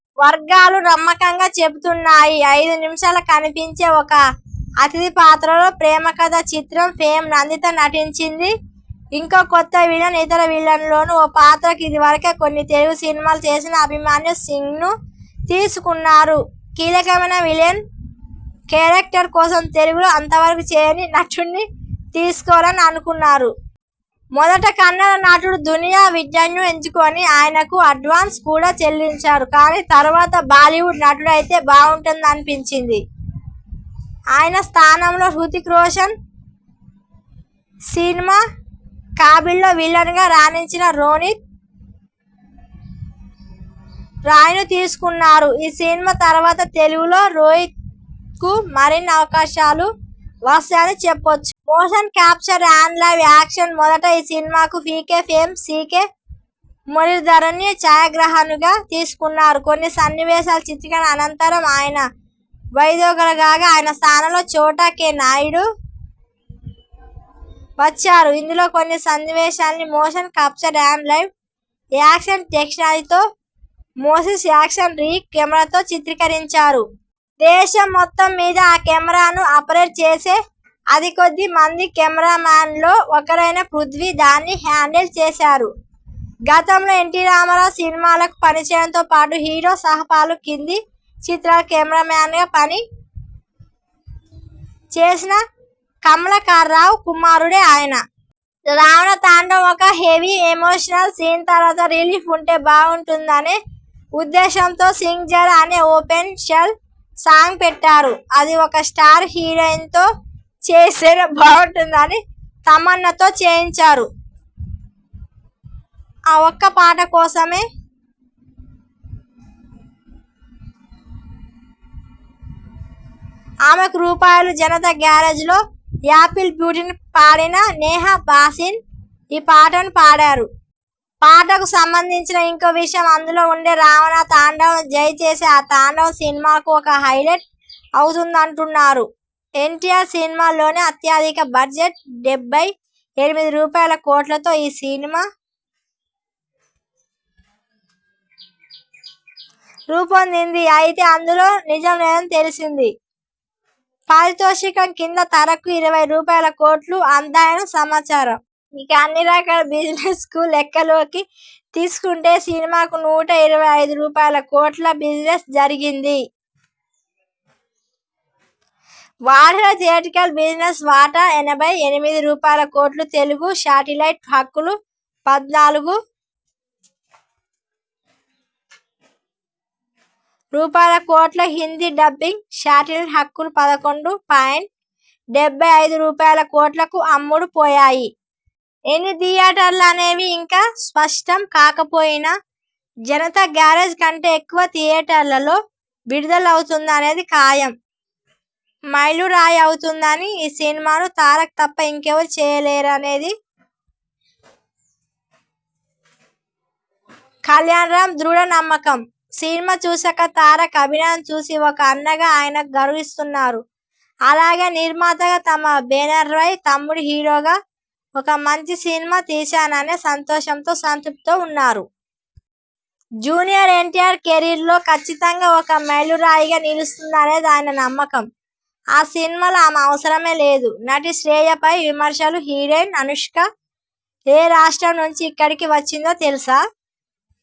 వర్గాలు నమ్మకంగా చెబుతున్నాయి. ఐదు నిమిషాలు కనిపించే ఒక అతిథి పాత్రలో 'ప్రేమకథా చిత్రమ్' ఫేమ్ నందిత నటించింది. ఇంకో కొత్త విలన్ ఇతర విలన్ల లో ఓ పాత్రకు ఇది వరకే కొన్ని తెలుగు సినిమాలు చేసిన అభిమన్యు సింగ్ను తీసుకున్నారు. కీలకమైన విలన్ కేరక్టర్ కోసం తెలుగులో అంతవరకూ చేయని నటుడ్ని తీసుకోవాలని అనుకున్నారు. మొదట కన్నడ నటుడు దునియా విజయ్ను ఎంచుకొని, ఆయనకు అడ్వాన్స్ కూడా చెల్లించారు. కానీ తర్వాత బాలీవుడ్ నటుడైతే బావుంటుందనిపించి, ఆయన స్థానంలో హృతిక్ రోషన్ సినిమా 'కాబిల్'లో విలన్గా రాణించిన రోణిత్ రాయ్ను తీసుకున్నారు. ఈ సినిమా తర్వాత తెలుగులో రోణిత్కు మరిన్ని అవకాశాలు వస్తాయని చెప్పొచ్చు. Motion capture and live action మోదట ఈ సినిమాకు 'పీకే' ఫేమ్ సి. కె. మురళీధరన్ను ఛాయాగ్రాహకునిగా తీసుకున్నారు. కొన్ని సన్నివేశాల చిత్రీకరణ అనంతరం ఆయన వైదొలగగా, ఆయన స్థానంలో చోటా కె. నాయుడు వచ్చారు. ఇందులో కొన్ని సన్నివేశాల్ని 'motion capture and live action' టెక్నాలజీతో 'మోసిస్ యాక్షన్ రిగ్' కెమెరాతో చిత్రీకరించారు. దేశం మొత్తం మీద ఆ కెమెరాను ఆపరేట్ చేసే అతి కొద్ది మంది కెమెరామన్లలో ఒకరైన పృథ్వీ దాన్ని హ్యాండిల్ చేశారు. గతంలో ఎన్టీ రామారావు సినిమాలకు పనిచేయడంతో పాటు 'హీరో' సహా పలు హిందీ చిత్రాలకు కెమెరామన్గా పని చేసిన, కమలాకరరావు కుమారుడే ఆయన. రావణ తాండవం! ఒక హెవీ ఎమోషనల్ సీన్ తర్వాత రిలీఫ్ ఉంటే బాగుంటుందనే ఉద్దేశంతో 'సింగ్ జరా' అనే ఓ స్పెషల్ సాంగ్ పెట్టారు. అదీ ఒక స్టార్ హీరోయిన్తో చేయిస్తేనే బాగుంటుందని తమన్నాతో చేయించారు. ఆ ఒక్క పాట కోసమే ఆమెకు రూపాయలు 'జనతా గ్యారేజ్'లో 'యాపిల్ బ్యూటీ'ని పాడిన నేహా భాసిన్ ఈ పాటను పాడారు. పాటకు సంబంధించిన ఇంకో విశేషం అందులో ఉండే 'రావణ తాండవం'. జై చేసే ఆ తాండవం సినిమాకు ఒక హైలైట్ అవుతుందంటున్నారు. ఎన్టీఆర్ సినిమాల్లోనే అత్యధిక బడ్జెట్ డెబ్బై ఎనిమిది రూపాయల కోట్లతో ఈ సినిమా రూపొందింది. అయితే అందులో నిజం లేదని తెలిసింది. పారితోషికం కింద తారక్కు ఇరవై రూపాయల కోట్లు అందాయని సమాచారం. ఇక అన్ని రకాల బిజినెస్ను లెక్కలోకి తీసుకొంటే ఈ సినిమాకు నూట ఇరవై ఐదు రూపాయల కోట్ల బిజినెస్ జరిగింది. వాటిలో థియేట్రికల్ బిజినెస్ వాటా ఎనభై ఎనిమిది రూపాయల కోట్లు తెలుగు శాటిలైట్ హక్కులు పద్నాలుగు రూపాయల కోట్లకు, హిందీ డబ్బింగ్, శాటిలైట్ హక్కులు పదకొండు పాయింట్ డెబ్బై ఐదు రూపాయల కోట్లకు అమ్ముడు పోయాయి. ఎన్ని థియేటర్లనేవి ఇంకా స్పష్టం కాకపోయినా 'జనతా గ్యారేజ్' కంటే ఎక్కువ థియేటర్లలో విడుదలవుతుందనేది ఖాయం. మైలురాయి అవుతుందని ఈ సినిమాను తారక్ తప్ప ఇంకెవరూ చేయలేరనేది కల్యాణ్రామ్ దృఢ నమ్మకం. సినిమా చూశాక తారక్ అభినయం చూసి, ఒక అన్నగా ఆయన గర్విస్తున్నారు. అలాగే నిర్మాతగా తమ బేనర్పై తమ్ముడు హీరోగా ఒక మంచి సినిమా తీశాననే సంతోషంతో, సంతృప్తితో ఉన్నారు. జూనియర్ ఎన్టీఆర్ కెరీర్లో కచ్చితంగా ఒక మైలురాయిగా నిలుస్తుందనేది ఆయన నమ్మకం. 'ఆ సినిమాలో ఆమె అవసరమే లేదు' నటి శ్రియపై విమర్శలు హీరోయిన్ అనుష్క ఏ రాష్ట్రం నుంచి ఇక్కడికి వచ్చిందో తెలుసా?